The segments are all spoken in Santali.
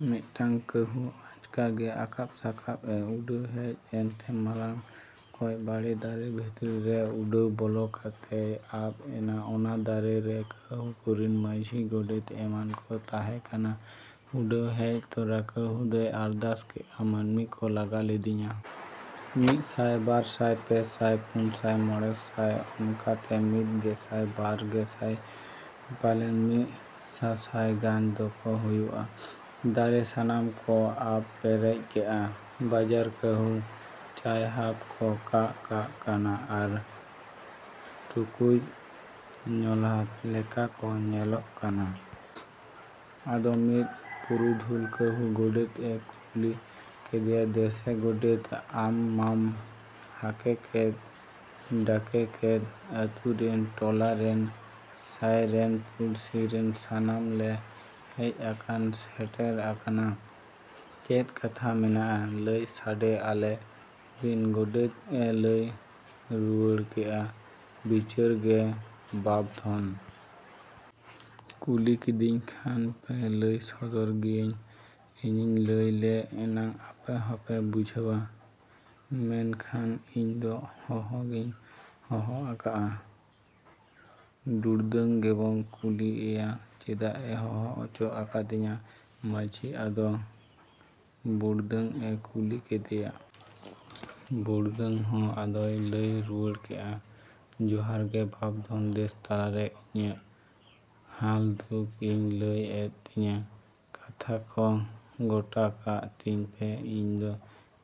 ᱢᱤᱫᱴᱟᱝ ᱠᱟᱺᱦᱩ ᱟᱪᱠᱟ ᱜᱮ ᱟᱠᱟᱵ ᱥᱟᱠᱟᱵ ᱮ ᱩᱰᱟᱹᱣ ᱦᱮᱡ ᱮᱱᱛᱮ ᱢᱟᱨᱟᱝ ᱚᱠᱚᱡ ᱵᱟᱲᱮ ᱫᱟᱨᱮ ᱵᱷᱤᱛᱨᱤ ᱨᱮ ᱩᱰᱟᱹᱣ ᱵᱚᱞᱚ ᱠᱟᱛᱮᱭ ᱟᱵ ᱮᱱᱟ᱾ ᱚᱱᱟ ᱫᱟᱨᱮ ᱨᱮ ᱠᱟᱺᱦᱩ ᱠᱚᱨᱤᱱ ᱢᱟᱹᱡᱷᱤ ᱜᱚᱰᱮᱛ ᱮᱢᱟᱱ ᱠᱚ ᱛᱟᱦᱮᱸ ᱠᱟᱱᱟ᱾ ᱩᱰᱟᱹᱣ ᱦᱮᱡ ᱛᱚᱨᱟ ᱠᱟᱺᱦᱩ ᱫᱚᱭ ᱟᱨᱫᱟᱥ ᱠᱮᱜᱼᱟ ᱢᱟᱹᱱᱢᱤ ᱠᱚ ᱞᱟᱜᱟ ᱞᱤᱫᱤᱧᱟ᱾ ᱢᱤᱫ ᱥᱟᱹᱭ ᱵᱟᱨ ᱥᱟᱹᱭ ᱯᱮ ᱥᱟᱹᱭ ᱯᱩᱱ ᱥᱟᱹᱭ ᱢᱚᱬᱮ ᱥᱟᱹᱭ ᱚᱱᱠᱟᱛᱮ ᱢᱤᱫ ᱜᱮᱥᱟᱹᱭ ᱵᱟᱨ ᱜᱮᱥᱟᱹᱭ ᱯᱟᱞᱮᱱ ᱢᱤᱫ ᱥᱟᱥᱟᱹᱭ ᱜᱟᱱ ᱫᱚᱠᱚ ᱦᱩᱭᱩᱜᱼᱟ ᱾ᱫᱟᱨᱮ ᱥᱟᱱᱟᱢ ᱠᱚ ᱟᱵ ᱯᱮᱨᱮᱡ ᱠᱮᱜᱼᱟ᱾ ᱵᱟᱡᱟᱨ ᱠᱟᱺᱦᱩ ᱪᱟᱭᱦᱟᱵ ᱠᱚ ᱠᱟᱜᱻ ᱠᱟᱜ ᱠᱟᱱᱟ ᱟᱨ ᱴᱩᱠᱩᱡ ᱧᱚᱞᱷᱟᱫ ᱞᱮᱠᱟ ᱠᱚ ᱧᱮᱞᱚᱜ ᱠᱟᱱᱟ᱾ ᱟᱫᱚ ᱢᱤᱫ ᱯᱩᱨᱩᱫᱷᱩᱞ ᱠᱟᱺᱦᱩ ᱜᱚᱰᱮᱛ ᱮ ᱠᱩᱞᱤ ᱠᱮᱫᱮᱭᱟ ᱫᱮᱥᱮ ᱜᱚᱰᱮᱛ ᱟᱢ ᱢᱟᱢ ᱦᱟᱠᱮ ᱠᱮᱫ ᱰᱟᱠᱮ ᱠᱮᱫ ᱟᱹᱛᱩ ᱨᱤᱱ ᱴᱚᱞᱟ ᱨᱤᱱ ᱥᱟᱹᱭ ᱨᱤᱱ ᱯᱩᱲᱥᱤ ᱨᱤᱱ ᱥᱟᱱᱟᱢ ᱞᱮ ᱦᱮᱡ ᱟᱠᱟᱱ ᱥᱮᱴᱮᱨ ᱟᱠᱟᱱᱟ᱾ ᱪᱮᱫ ᱠᱟᱛᱷᱟ ᱢᱮᱱᱟᱜᱼᱟ ᱞᱟᱹᱭ ᱥᱟᱰᱮ ᱟᱞᱮ ᱵᱤᱱ ᱜᱚᱰᱮᱛ ᱮ ᱞᱟᱹᱭ ᱨᱩᱣᱟᱹᱲ ᱠᱮᱜᱼᱟ ᱵᱤᱪᱟᱹᱨ ᱜᱮ ᱵᱟᱯ ᱫᱷᱚᱱ᱾ ᱠᱩᱞᱤ ᱠᱤᱫᱤᱧ ᱠᱷᱟᱱ ᱯᱮ ᱞᱟᱹᱭ ᱥᱚᱫᱚᱨ ᱜᱮᱭᱟᱹᱧ᱾ ᱤᱧᱤᱧ ᱞᱟᱹᱭ ᱞᱮ ᱮᱱᱟᱝ ᱟᱯᱮ ᱦᱚᱸᱯᱮ ᱵᱩᱡᱷᱟᱹᱣᱟ᱾ ᱢᱮᱱᱠᱷᱟᱱ ᱤᱧ ᱫᱚ ᱦᱚᱦᱚ ᱜᱮᱧ ᱦᱚᱦᱚ ᱟᱠᱟᱜᱼᱟ ᱾ ᱰᱩᱲᱫᱟᱹᱝ ᱜᱮᱵᱚ ᱠᱩᱞᱤ ᱮᱭᱟ ᱾ ᱪᱮᱫᱟᱜ ᱮ ᱦᱚᱦᱚ ᱚᱪᱚ ᱟᱠᱟᱫᱤᱧᱟ ᱢᱟᱺᱡᱷᱤ ᱟᱫᱚ ᱵᱩᱲᱫᱟᱹᱝ ᱮ ᱠᱩᱞᱤ ᱠᱮᱫᱮᱭᱟ᱾ ᱵᱩᱲᱫᱟᱹᱝ ᱦᱚᱸ ᱟᱫᱚᱭ ᱞᱟᱹᱭ ᱨᱩᱣᱟᱹᱲ ᱠᱮᱜᱼᱟ ᱾ᱡᱚᱦᱟᱨ ᱜᱮ ᱵᱟᱯᱼᱫᱷᱚᱱ᱾ ᱫᱮᱥ ᱛᱟᱞᱟᱨᱮ ᱤᱧᱟᱜ ᱦᱟᱞᱫᱩᱠ ᱤᱧ ᱞᱟᱹᱭ ᱮᱫ ᱛᱤᱧᱟ᱾ ᱠᱟᱛᱷᱟ ᱠᱚ ᱜᱚᱴᱟᱠᱟᱜ ᱛᱤᱧ ᱯᱮ ᱤᱧ ᱫᱚ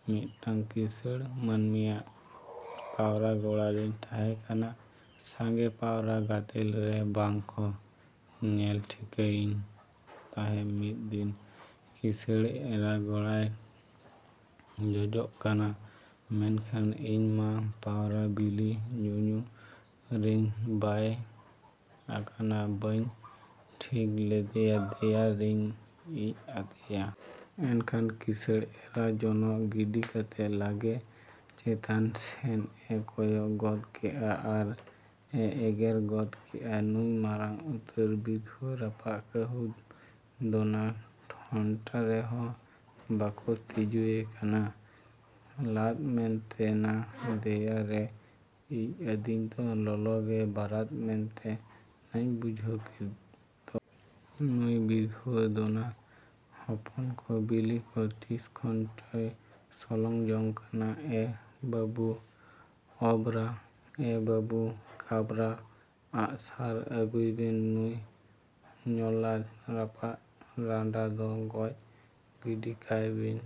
ᱢᱤᱫᱴᱟᱝ ᱠᱤᱥᱟᱹᱬ ᱢᱟᱹᱱᱢᱤᱭᱟᱜ ᱯᱟᱣᱨᱟ ᱜᱚᱲᱟ ᱨᱤᱧ ᱛᱟᱦᱮᱸ ᱠᱟᱱᱟ᱾ ᱥᱟᱸᱜᱮ ᱯᱟᱣᱨᱟ ᱜᱟᱫᱮᱞ ᱨᱮ ᱵᱟᱝ ᱠᱚ ᱧᱮᱞ ᱴᱷᱤᱠᱟᱹᱭᱤᱧ ᱛᱟᱦᱮᱸᱜ ᱢᱤᱫ ᱫᱤᱱ ᱠᱤᱥᱟᱹᱬ ᱮᱨᱟ ᱜᱚᱲᱟᱭ ᱡᱚᱡᱚᱜ ᱠᱟᱱᱟ ᱢᱮᱱᱠᱷᱟᱱ ᱤᱧ ᱢᱟ ᱯᱟᱣᱨᱟ ᱵᱤᱞᱤ ᱧᱩ ᱧᱩ ᱨᱮᱧ ᱵᱟᱹᱭ ᱟᱠᱟᱱᱟ ᱵᱟᱹᱧ ᱴᱷᱤᱜ ᱞᱮᱫᱮᱭᱟ ᱫᱮᱭᱟ ᱨᱤᱧ ᱤᱡ ᱟᱫᱮᱭᱟ᱾ ᱮᱱᱠᱷᱟᱱ ᱠᱤᱥᱟᱹᱬ ᱮᱨᱟ ᱡᱚᱱᱚᱜ ᱜᱤᱰᱤ ᱠᱟᱛᱮ ᱞᱟᱜᱮ ᱪᱮᱛᱟᱱ ᱥᱮᱱ ᱮ ᱠᱚᱭᱚᱜ ᱜᱚᱫ ᱠᱮᱜᱼᱟ ᱟᱨ ᱮ ᱮᱜᱮᱨ ᱜᱚᱫ ᱠᱮᱜᱼᱟ ᱱᱩᱭ ᱢᱟᱨᱟᱝ ᱩᱛᱟᱹᱨ ᱵᱤᱫᱷᱩᱣᱟᱹ ᱨᱟᱯᱟᱜ ᱠᱟᱺᱦᱩ ᱫᱚᱱᱟ ᱴᱷᱚᱱᱴᱟ ᱨᱮᱦᱚᱸ ᱵᱟᱠᱚ ᱛᱤᱡᱩᱭᱮ ᱠᱟᱱᱟ᱾ ᱞᱟᱫᱽ ᱢᱮᱱᱛᱮ ᱱᱟ ᱫᱮᱭᱟ ᱨᱮ ᱤᱡ ᱟᱹᱫᱤᱧ ᱫᱚ ᱞᱚᱞᱚᱜᱮ ᱵᱟᱨᱟᱫ ᱢᱮᱱᱛᱮ ᱱᱟᱹᱧ ᱵᱩᱡᱷᱟᱹᱣ ᱠᱮᱫ ᱫᱚ᱾ ᱱᱩᱭ ᱵᱤᱫᱷᱩᱣᱟᱹ ᱫᱚᱱᱟ ᱦᱚᱯᱚᱱ ᱠᱚ ᱵᱤᱞᱤ ᱠᱚ ᱛᱤᱥ ᱠᱷᱚᱱ ᱪᱚᱭ ᱥᱚᱞᱚᱝ ᱡᱚᱝ ᱠᱟᱱᱟ᱾ ᱮ ᱵᱟᱹᱵᱩ ᱚᱵᱽᱨᱟ ᱮ ᱵᱟᱹᱵᱩ ᱠᱟᱸᱫᱽᱨᱟ ᱟᱜᱼᱥᱟᱨ ᱟᱹᱜᱩᱭ ᱵᱤᱱ ᱼ ᱱᱩᱭ ᱧᱚᱞᱷᱟᱫ ᱨᱟᱯᱟᱜ ᱨᱟᱸᱰᱟ ᱫᱚ ᱜᱚᱡ ᱜᱤᱰᱤ ᱠᱟᱭ ᱵᱤᱱ᱾